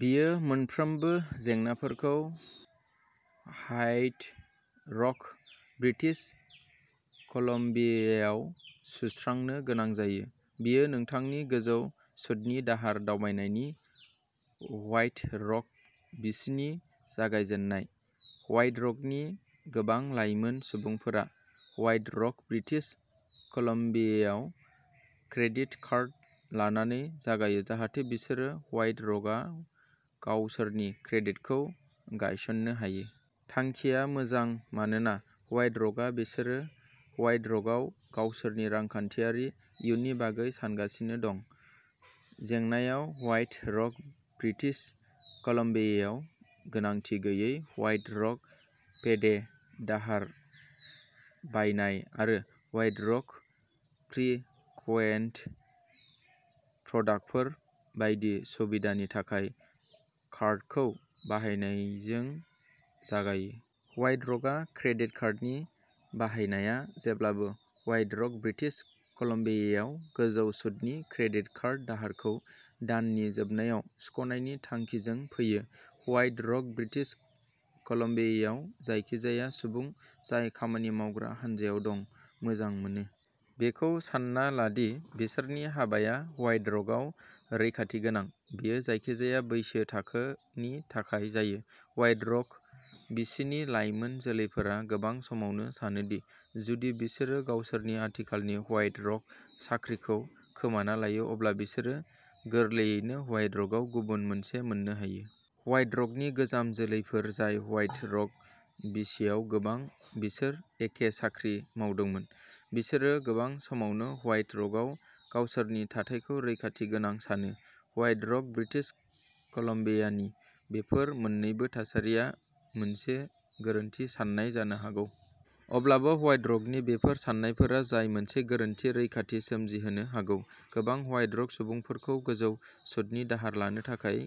बेफोर मोनफ्रोमबो जेंनाफोरखौ व्हाइट रक ब्रिटिश कलम्बियायाव सुस्रांनो गोनां जायो। बेयो नोंथांनि गोजौ सुतनि दाहार दावबायनायनि व्हाइट रक बिसिनि जागायजेन्नाय। व्हाइट रकनि गोबां लाइमोन सुबुंफोरा व्हाइट रक ब्रिटिश कलम्बियायाव क्रेडिट कार्ड लानानै जागायो, जाहाथे बिसोरो व्हाइट रकआव गावसोरनि क्रेडिटखौ गायसननो हायो। थांखिया मोजां मानोना व्हाइट रकआव बिसोरो व्हाइट रकआव गावसोरनि रांखान्थियारि इयुननि बागैसो सानगासिनो दं। जेंनाया व्हाइट रक ब्रिटिश कलम्बियायाव गोनांथि गैयै व्हाइट रक पे डे दाहार बायनाय आरो व्हाइट रक फ्रिकुवेन्ट प्रडाक्टफोर बायदि सुबिदानि थाखाय कार्डखौ बाहायनायजों जागायो। व्हाइट रकआव क्रेडिट कार्डनि बाहायनाया जेब्लाबो व्हाइट रक ब्रिटिश कलम्बियायाव गोजौ सुतनि क्रेडिट कार्ड दाहारखौ दाननि जोबनायाव सुख'नायनि थांखिजों फैयो। व्हाइट रक ब्रिटिश कलम्बियायाव जायखिजाया सुबुं जाय खामानि मावग्रा हान्जायाव दं, मोजां मोनो। बेखौ सानना ला दि बिसोरनि हाबाया व्हाइट रकआव रैखाथि गोनां। बेयो जायखिजाया बैसो थाखोनि थाखाय जायो। व्हाइट रक बिसिनि लाइमोन जोलैफोरा गोबां समावनो सानो दि जुदि बिसोर गावसोरनि आथिखालनि व्हाइट रक साख्रिखौ खोमाना लायो अब्ला बिसोरो गोरलैयैनो व्हाइट रकआव गुबुन मोनसे मोन्नो हायो। व्हाइट रकनि गोजाम जोलैफोर जाय व्हाइट रक बिसिआव गोबां बोसोर एखे साख्रि मावदोंमोन, बिसोरो गोबां समावनो व्हाइट रकआव गावसोरनि थाथायखौ रैखाथि गोनां सानो। व्हाइट रक ब्रिटिश कलम्बियानि बेफोर मोननैबो थासारिया मोनसे गोरोन्थि साननाय जानो हागौ। अब्लाबो, व्हाइट रकनि बेफोर सान्नायफोरा जाय मोनसे गोरोन्थि रैखाथि सोमजिहोनो हागौ, गोबां व्हाइट रक सुबुंफोरखौ गोजौ सुतनि दाहार लानो थाखाय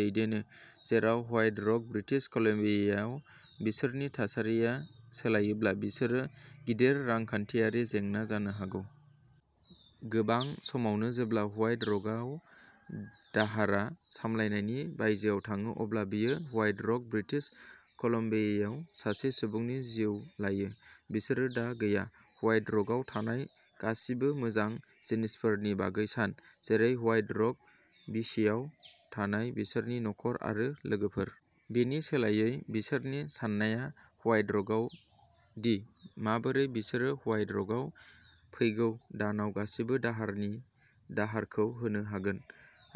दैदेनो जेराव व्हाइट रक ब्रिटिश कलम्बियायाव बिसोरनि थासारिया सोलायोब्ला बिसोरो गिदिर रांखान्थियारि जेंना जानो हागौ। गोबां समावनो जेब्ला व्हाइट रकआव दाहारआ सामलायनायनि बायजोआव थाङो अब्ला बेयो व्हाइट रक ब्रिटिश कलम्बियायाव सासे सुबुंनि जिउखौ लायो। बिसोर दा गैया। व्हाइट रकआव थानाय गासिबो मोजां जिनिसफोरनि बागै सान, जेरै व्हाइट रक बिसिआव थानाय बिसोरनि नखर आरो लोगोफोर। बेनि सोलायै बिसोरनि साननाया व्हाइट रकआव दि माबोरै बिसोरो व्हाइट रकआव फैगौ दानाव गासिबो दाहारनि दाहारखौ होनो हागोन,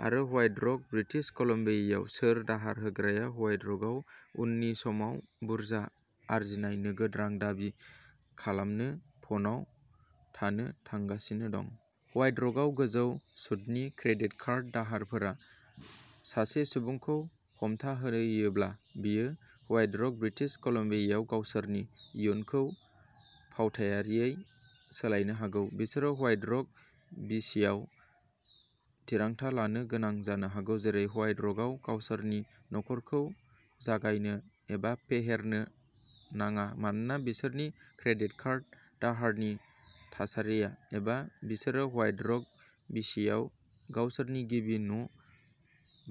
आरो व्हाइट रक ब्रिटिश कलम्बियायाव सोर दाहार होग्राया व्हाइट रकआव उननि समाव बुरजा आरजिनाय नोगोद रां दाबि खालामनो फनआव थानो थांगासिनो दं। व्हाइट रकआव गोजौ सुतनि क्रेडिट कार्ड दाहारफोरा सासे सुबुंखौ हमथाहोयोब्ला बेयो व्हाइट रक ब्रिटिश कलम्बियायाव गावसोरनि इयुनखौ फावथायारियै सोलायनो हागौ। बिसोरो व्हाइट रक बिसिआव थिरांथा लानो गोनां जानो हागौ जेरै व्हाइट रकआव गावसोरनि नखरखौ जागायनो एबा फेहेरनो नाङा मानोना बिसोरनि क्रेडिट कार्ड दाहारनि थासारिया एबा बिसोरो व्हाइट रक बिसिआव गावसोरनि गिबि न'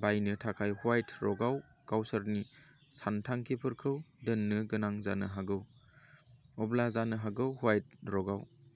बायनो थाखाय व्हाइट रकआव गावसोरनि सानथांखिफोरखौ दोननो गोनां जानो हागौ। अब्ला जानो हागौ व्हाइट रकआव।